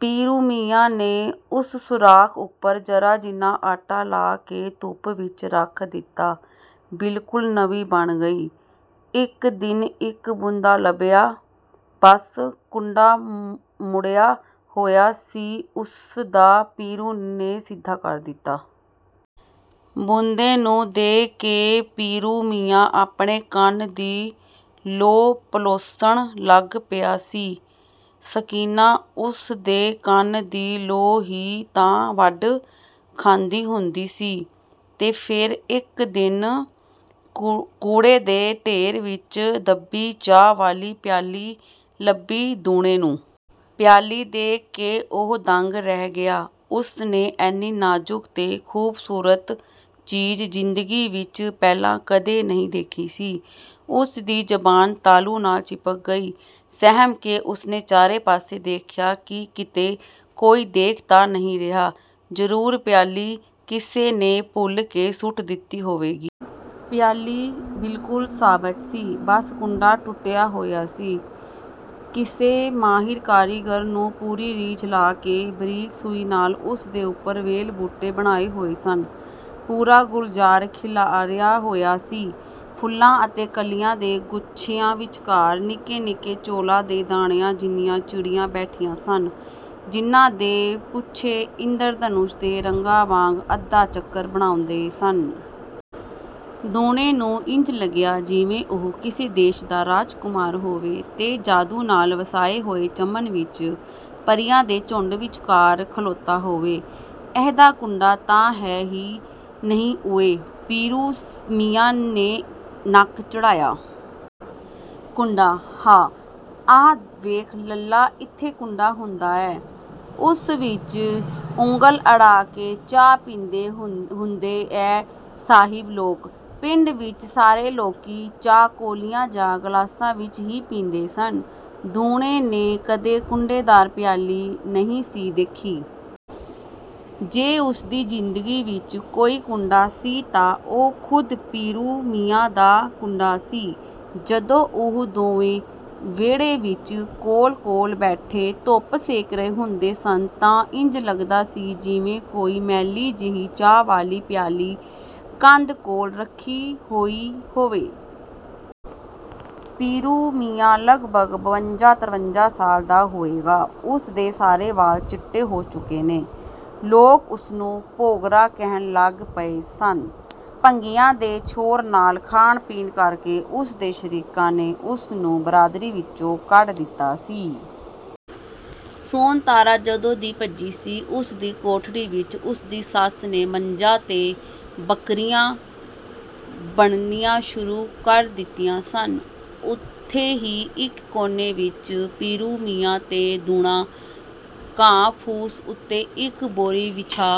ਪੀਰੂ ਮੀਆਂ ਨੇ ਉਸ ਸੁਰਾਖ਼ ਉੱਪਰ ਜ਼ਰਾ ਜਿੰਨਾ ਆਟਾ ਲਾ ਕੇ ਧੁੱਪ ਵਿੱਚ ਰੱਖ ਦਿੱਤਾ ਬਿਲਕੁਲ ਨਵੀਂ ਬਣ ਗਈ। ਇੱਕ ਦਿਨ ਇੱਕ ਬੁੰਦਾ ਲੱਭਿਆ, ਬੱਸ ਕੁੰਡਾ ਮੁੜਿਆ ਹੋਇਆ ਸੀ ਉਸਦਾ ਪੀਰੂ ਨੇ ਸਿੱਧਾ ਕਰ ਦਿੱਤਾ। ਬੁੰਦੇ ਨੂੰ ਦੇਖ ਕੇ ਪੀਰੂ ਮੀਆਂ ਆਪਣੇ ਕੰਨ ਦੀ ਲੌ ਪਲੋਸਣ ਲੱਗ ਪਿਆ ਸੀ। ਸਕੀਨਾ ਉਸਦੇ ਕੰਨ ਦੀ ਲੌ ਹੀ ਤਾਂ ਵੱਢ ਖਾਂਦੀ ਹੁੰਦੀ ਸੀ। ਤੇ ਫਿਰ ਇੱਕ ਦਿਨ ਕੂੜੇ ਦੇ ਢੇਰ ਵਿੱਚ ਦੱਬੀ ਚਾਹ ਵਾਲੀ ਪਿਆਲੀ ਲੱਭੀ ਦੂਣੇ ਨੂੰ। ਪਿਆਲੀ ਦੇਖ ਕੇ ਉਹ ਦੰਗ ਰਹਿ ਗਿਆ। ਉਸਨੇ ਏਨੀ ਨਾਜ਼ੁਕ ਤੇ ਖੂਬਸੂਰਤ ਚੀਜ਼ ਜ਼ਿੰਦਗੀ ਵਿੱਚ ਪਹਿਲਾਂ ਕਦੇ ਨਹੀਂ ਸੀ ਦੇਖੀ। ਉਸਦੀ ਜ਼ਬਾਨ ਤਾਲੂ ਨਾਲ ਚਿਪਕ ਗਈ। ਸਹਿਮ ਕੇ ਉਸਨੇ ਚਾਰੇ ਪਾਸੇ ਦੇਖਿਆ ਕਿ ਕਿਤੇ ਕੋਈ ਦੇਖ ਤਾਂ ਨਹੀਂ ਰਿਹਾ, ਜ਼ਰੂਰ ਪਿਆਲੀ ਕਿਸੇ ਨੇ ਭੁੱਲ ਕੇ ਸੁੱਟ ਦਿੱਤੀ ਹੋਏਗੀ। ਪਿਆਲੀ ਬਿਲਕੁਲ ਸਾਬਤ ਸੀ, ਬੱਸ ਕੁੰਡਾ ਟੁੱਟਿਆ ਹੋਇਆ ਸੀ। ਕਿਸੇ ਮਾਹਿਰ ਕਾਰੀਗਰ ਨੇ ਪੂਰੀ ਰੀਝ ਲਾ ਕੇ ਬਰੀਕ ਸੂਈ ਨਾਲ ਉਸ ਉੱਪਰ ਵੇਲ-ਬੂਟੇ ਬਣਾਏ ਹੋਏ ਸਨ। ਪੂਰਾ ਗੁਲਜ਼ਾਰ ਖਿਲਾਰਿਆ ਹੋਇਆ ਸੀ। ਫੁੱਲਾਂ ਅਤੇ ਕਲੀਆਂ ਦੇ ਗੁੱਛਿਆਂ ਵਿੱਚਕਾਰ, ਨਿੱਕੇ-ਨਿੱਕੇ ਚੌਲਾਂ ਦੇ ਦਾਣਿਆਂ ਜਿੰਨੀਆਂ ਚਿੜੀਆਂ ਬੈਠੀਆਂ ਸਨ, ਜਿਹਨਾਂ ਦੇ ਪੂਛੇ ਇੰਦਰਧਨੁਸ਼ ਦੇ ਰੰਗਾਂ ਵਾਂਗ ਅੱਧਾ ਚੱਕਰ ਬਣਾਉਂਦੇ ਸਨ। ਦੂਣੇ ਨੂੰ ਇੰਜ ਲੱਗਿਆ ਜਿਵੇਂ ਉਹ ਕਿਸੇ ਦੇਸ਼ ਦਾ ਰਾਜਕੁਮਾਰ ਹੋਵੇ ਤੇ ਜਾਦੂ ਨਾਲ ਵਸਾਏ ਹੋਏ ਚਮਨ ਵਿੱਚ ਪਰੀਆਂ ਦੇ ਝੁੰਡ ਵਿੱਚਕਾਰ ਖਲੋਤਾ ਹੋਵੇ। "ਇਹਦਾ ਕੁੰਡਾ ਤਾਂ ਹੈ ਹੀ ਨਹੀਂ ਓਏ।" ਪੀਰੂ ਮੀਆਂ ਨੇ ਨੱਕ ਚੜ੍ਹਾਇਆ। "ਕੁੰਡਾ?" "ਹਾਂ, ਆਹ ਵੇਖ ਲੱਲਾ ਇੱਥੇ ਕੁੰਡਾ ਹੁੰਦਾ ਐ। ਉਸ ਵਿੱਚ ਉਂਗਲ ਅੜਾ ਕੇ ਚਾਹ ਪੀਂਦੇ ਹੁੰਦੇ ਐ ਸਾਹਿਬ ਲੋਕ।" ਪਿੰਡ ਵਿੱਚ ਸਾਰੇ ਲੋਕੀ ਚਾਹ ਕੌਲਿਆਂ ਜਾਂ ਗਲਾਸਾਂ ਵਿੱਚ ਹੀ ਪੀਂਦੇ ਸਨ। ਦੂਣੇ ਨੇ ਕਦੇ ਕੁੰਡੇਦਾਰ ਪਿਆਲੀ ਨਹੀਂ ਸੀ ਦੇਖੀ। ਜੇ ਉਸਦੀ ਜ਼ਿੰਦਗੀ ਵਿੱਚ ਕੋਈ ਕੁੰਡਾ ਸੀ ਤਾਂ ਉਹ ਖੁਦ ਪੀਰੂ ਮੀਆਂ ਦਾ 'ਕੁੰਡਾ' ਸੀ। ਜਦੋਂ ਉਹ ਦੋਵੇਂ ਵਿਹੜੇ ਵਿੱਚ ਕੋਲੋ-ਕੋਲ ਬੈਠੇ ਧੁੱਪ ਸੇਕ ਰਹੇ ਹੁੰਦੇ ਸਨ ਤਾਂ ਇੰਜ ਲੱਗਦਾ ਸੀ ਜਿਵੇਂ ਕੋਈ ਮੈਲੀ ਜਿਹੀ ਚਾਹ ਵਾਲੀ ਪਿਆਲੀ ਕੰਧ ਕੋਲ ਰੱਖੀ ਹੋਈ ਹੋਵੇ। ਪੀਰੂ ਮੀਆਂ ਲਗਭਗ ਬਵੰਜਾ-ਤਰਵੰਜਾ ਸਾਲ ਦਾ ਹੋਏਗਾ। ਉਸਦੇ ਸਾਰੇ ਵਾਲ ਚਿੱਟੇ ਹੋ ਚੁੱਕੇ ਨੇ। ਲੋਕ ਉਸਨੂੰ ਡੋਗਰਾ ਕਹਿਣ ਲੱਗ ਪਏ ਸਨ। ਭੰਗੀਆਂ ਦੇ ਛੋਹਰ ਨਾਲ ਖਾਣ-ਪੀਣ ਕਰਕੇ ਉਸਦੇ ਸ਼ਰੀਕਾਂ ਨੇ ਉਸਨੂੰ ਬਰਾਦਰੀ ਵਿੱਚੋਂ ਕੱਢ ਦਿੱਤਾ ਸੀ। ਸੋਨਤਾਰਾ ਜਦੋਂ ਦੀ ਭੱਜੀ ਸੀ, ਉਸਦੀ ਕੋਠੜੀ ਵਿੱਚ ਉਸਦੀ ਸੱਸ ਨੇ ਮੱਝਾਂ ਤੇ ਬੱਕਰੀਆਂ ਬੰਨ੍ਹਣੀਆਂ ਸ਼ੁਰੂ ਕਰ ਦਿੱਤੀਆਂ ਸਨ। ਉੱਥੇ ਹੀ ਇੱਕ ਕੋਨੇ ਵਿੱਚ ਪੀਰੂ ਮੀਆਂ ਤੇ ਦੂਣਾ ਘਾਹ-ਫੂਸ ਉੱਤੇ ਇੱਕ ਬੋਰੀ ਵਿਛਾ